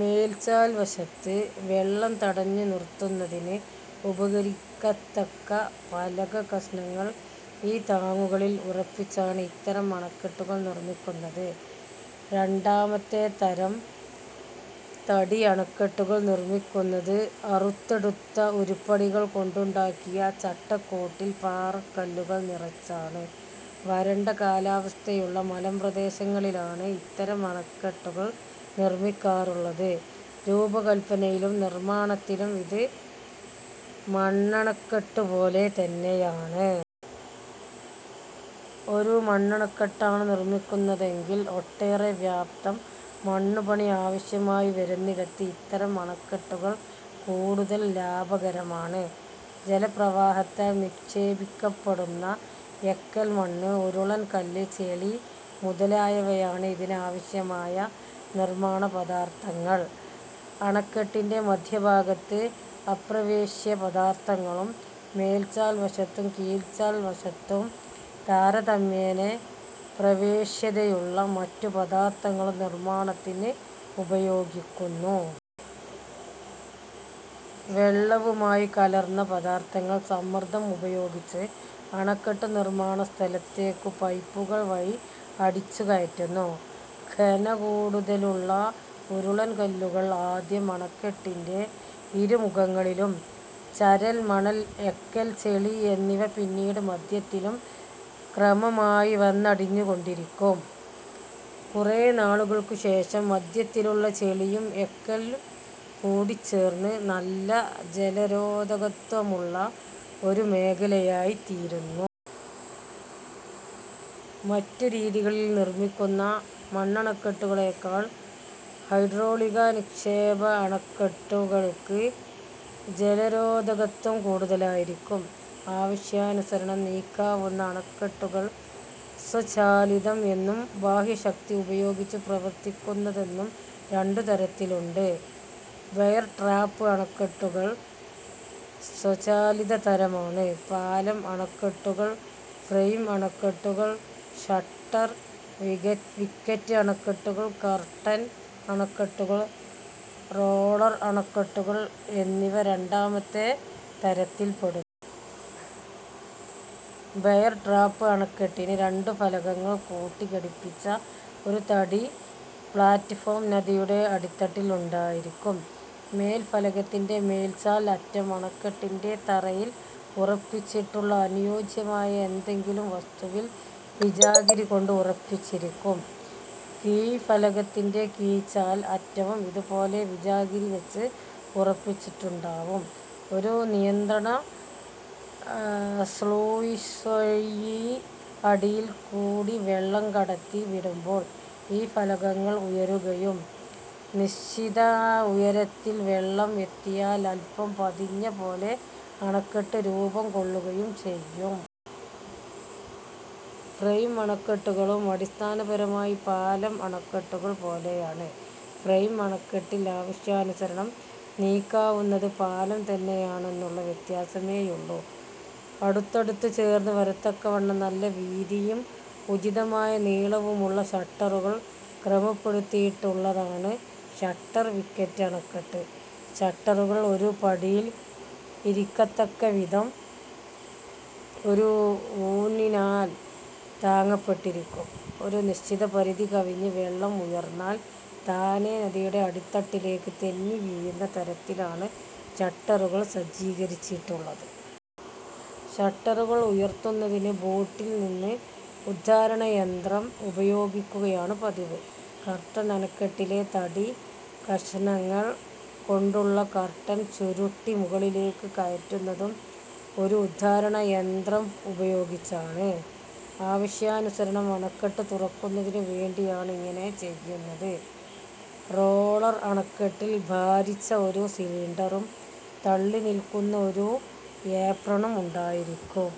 മേൽചാൽ വശത്ത് വെള്ളം തടഞ്ഞു നിറുത്തുന്നതിന് ഉപകരിക്കത്തക്ക പലക കഷണങ്ങൾ ഈ താങ്ങുകളിൽ ഉറപ്പിച്ചാണ് ഇത്തരം അണക്കെട്ടുകൾ നിർമ്മിക്കുന്നത്. രണ്ടാമത്തെ തരം തടി അണക്കെട്ടുകൾ നിർമ്മിക്കുന്നത് അറുത്തെടുത്ത ഉരുപ്പടികൾ കൊണ്ടുണ്ടാക്കിയ ചട്ട കൂട്ടിൽ പാറക്കല്ലുകൾ നിറച്ചാണ്. വരണ്ട കാലാവസ്ഥയുള്ള മലമ്പ്രദേശങ്ങളിലാണ് ഇത്തരം അണക്കെട്ടുകൾ നിർമ്മിക്കാറുള്ളത്. രൂപകല്പനയിലും നിർമ്മാണത്തിലും ഇത് മണ്ണണക്കെട്ടുപോലെ തന്നെയാണ്. ഒരു മണ്ണണക്കെട്ടാണു നിർമ്മിക്കുന്നതെങ്കിൽ ഒട്ടേറെ വ്യാപ്തം മണ്ണുപണി ആവശ്യമായി വരുന്നിടത്ത് ഇത്തരം അണക്കെട്ടുകൾ കൂടുതൽ ലാഭകരമാണ്. ജല പ്രവാഹത്താൽ നിക്ഷേപിക്കപ്പെടുന്ന എക്കൽ, മണ്ണ്, ഉരുളൻകല്ല്, ചെളി മുതലായവയാണ് ഇതിനാവശ്യമായ നിർമ്മാണ പദാർഥങ്ങൾ. അണക്കെട്ടിന്റെ മദ്ധ്യഭാഗത്ത് അപ്രവേശ്യ പദാർഥങ്ങളും, മേൽചാൽ വശത്തും കീഴ്ചാൽ വശത്തും, താരതമ്യേന പ്രവേശ്യതയുള്ള മറ്റു പദാർഥങ്ങളും നിർമ്മാണത്തിന് ഉപയോഗിക്കുന്നു. വെള്ളവുമായി കലർന്ന പദാർഥങ്ങൾ സമ്മർദ്ദം ഉപയോഗിച്ച് അണക്കെട്ടു നിർമ്മാണ സ്ഥലത്തേക്കു പൈപ്പുകൾ വഴി അടിച്ചു കയറ്റുന്നു. ഘന കൂടുതലുള്ള ഉരുളൻ കല്ലുകൾ ആദ്യം അണക്കെട്ടിന്റെ ഇരുമുഖങ്ങളിലും, ചരൽ, മണൽ, എക്കൽ, ചെളി എന്നിവ പിന്നീട് മദ്ധ്യത്തിലും ക്രമമായി വന്നടിഞ്ഞു കൊണ്ടിരിക്കും. കുറെ നാളുകൾക്കു ശേഷം മദ്ധ്യത്തിലുള്ള ചെളിയും എക്കലും കൂടിച്ചേർന്ന് നല്ല ജലരോധകത്വമുള്ള ഒരു മേഖലയായി തീരുന്നു. മറ്റു രീതികളിൽ നിർമ്മിക്കുന്ന മണ്ണണക്കെട്ടുകളേക്കാൾ ഹൈഡ്രോളിക നിക്ഷേപ അണക്കെട്ടുകൾക്ക് ജലരോധകത്വം കൂടൂതലുണ്ടാകും. ആവശ്യാനുസരണം നീക്കാവുന്ന അണക്കെട്ടുകൾ സ്വചാലിതം എന്നും, ബാഹ്യശക്തി ഉപയോഗിച്ചു പ്രവർത്തിക്കുന്നതെന്നും രണ്ടു തരത്തിലുണ്ട്. ബെയർ-ട്രാപ്പ് അണക്കെട്ടുകൾ സ്വചാലിത തരമാണ്. 'പാലം-അണക്കെട്ടു'കൾ, ഫ്രെയിം അണക്കെട്ടുകൾ, ഷട്ടർ-വിക്കറ്റ് അണക്കെട്ടുകൾ, കർട്ടൻ അണക്കെട്ടുകൾ, റോളർ അണക്കെട്ടുകൾ എന്നിവ രണ്ടാമത്തെ തരത്തിൽ പെടുന്നു. ബെയർ-ട്രാപ്പ് അണക്കെട്ടിന് രണ്ടു ഫലകങ്ങൾ കൂട്ടി ഘടിപ്പിച്ച ഒരു തടി പ്ളാറ്റ്ഫോം നദിയുടെ അടിത്തട്ടിൽ ഉണ്ടായിരിക്കും. മേൽഫലകത്തിന്റെ മേൽചാൽ അറ്റം അണക്കെട്ടിന്റെ തറയിൽ ഉറപ്പിച്ചിട്ടുള്ള അനുയോജ്യമായ എന്തെങ്കിലും വസ്തുവിൽ വിജാഗിരി കൊണ്ട് ഉറപ്പിച്ചിരിക്കും. കീഴ്ഫലകത്തിന്റെ കീഴ്ചാൽ അറ്റവും ഇതുപോലെ വിജാഗിരി വച്ച് ഉറപ്പിച്ചിട്ടുണ്ടാവും. ഒരു നിയന്ത്രണ സ്ളൂയിസ്വഴി അടിയിൽ കൂടി വെള്ളം കടത്തി വിടുമ്പോൾ ഈ ഫലകങ്ങൾ ഉയരുകയും, നിശ്ചിത ഉയരത്തിൽ വെള്ളം എത്തിയാൽ അല്പം പതിഞ്ഞ '' പോലെ അണക്കെട്ട് രൂപം കൊള്ളുകയും ചെയ്യും. ഫ്രെയിം അണക്കെട്ടുകളും അടിസ്ഥാനപരമായി 'പാലം-അണക്കെട്ടു'കൾ പോലെയാണ്. ഫ്രെയിം അണക്കെട്ടിൽ ആവശ്യാനുസരണം നീക്കാവുന്നത് പാലം തന്നെയാണെന്നുള്ള വ്യത്യാസമേയുള്ളു. അടുത്തടുത്ത് ചേർന്നു വരത്തക്കവണ്ണം നല്ല വീതിയും ഉചിതമായ നീളവുമുള്ള ഷട്ടറുകൾ ക്രമപ്പെടുത്തിയിട്ടുള്ളതാണ് ഷട്ടർ-വിക്കറ്റ് അണക്കെട്ട്. ഷട്ടറുകൾ ഒരു പടിയിൽ ഇരിക്കത്തക്ക വിധം ഒരു ഊന്നിനാൽ താങ്ങപ്പെട്ടിരിക്കും. ഒരു നിശ്ചിത പരിധി കവിഞ്ഞ് വെള്ളം ഉയർന്നാൽ താനേ നദിയുടെ അടിത്തട്ടിലേക്ക് തെന്നി വീഴുന്ന തരത്തിലാണ് ഷട്ടറുകൾ സജ്ജീകരിച്ചിട്ടുള്ളത്. ഷട്ടറുകൾ ഉയർത്തുന്നതിന് ബോട്ടിൽ നിന്ന് ഉദ്ധാരണ യന്ത്രം ഉപയോഗിക്കുകയാണ് പതിവ്. 'കർട്ടൻ അണക്കെട്ടി'ലെ തടി കഷണങ്ങൾ കൊണ്ടുള്ള കർട്ടൻ ചുരുട്ടി മുകളിലേക്ക് കയറ്റുന്നതും ഒരു ഉദ്ധാരണ യന്ത്രം ഉപയോഗിച്ചാണ്. ആവശ്യാനുസരണം അണക്കെട്ട് തുറക്കുന്നതിനു വേണ്ടിയാണ് ഇങ്ങനെ ചെയ്യുന്നത്. റോളർ അണക്കെട്ടിൽ ഭാരിച്ച ഒരു സിലിണ്ടറും, തള്ളി നിൽക്കുന്ന ഒരു ഏപ്രണും ഉണ്ടായിരിക്കും.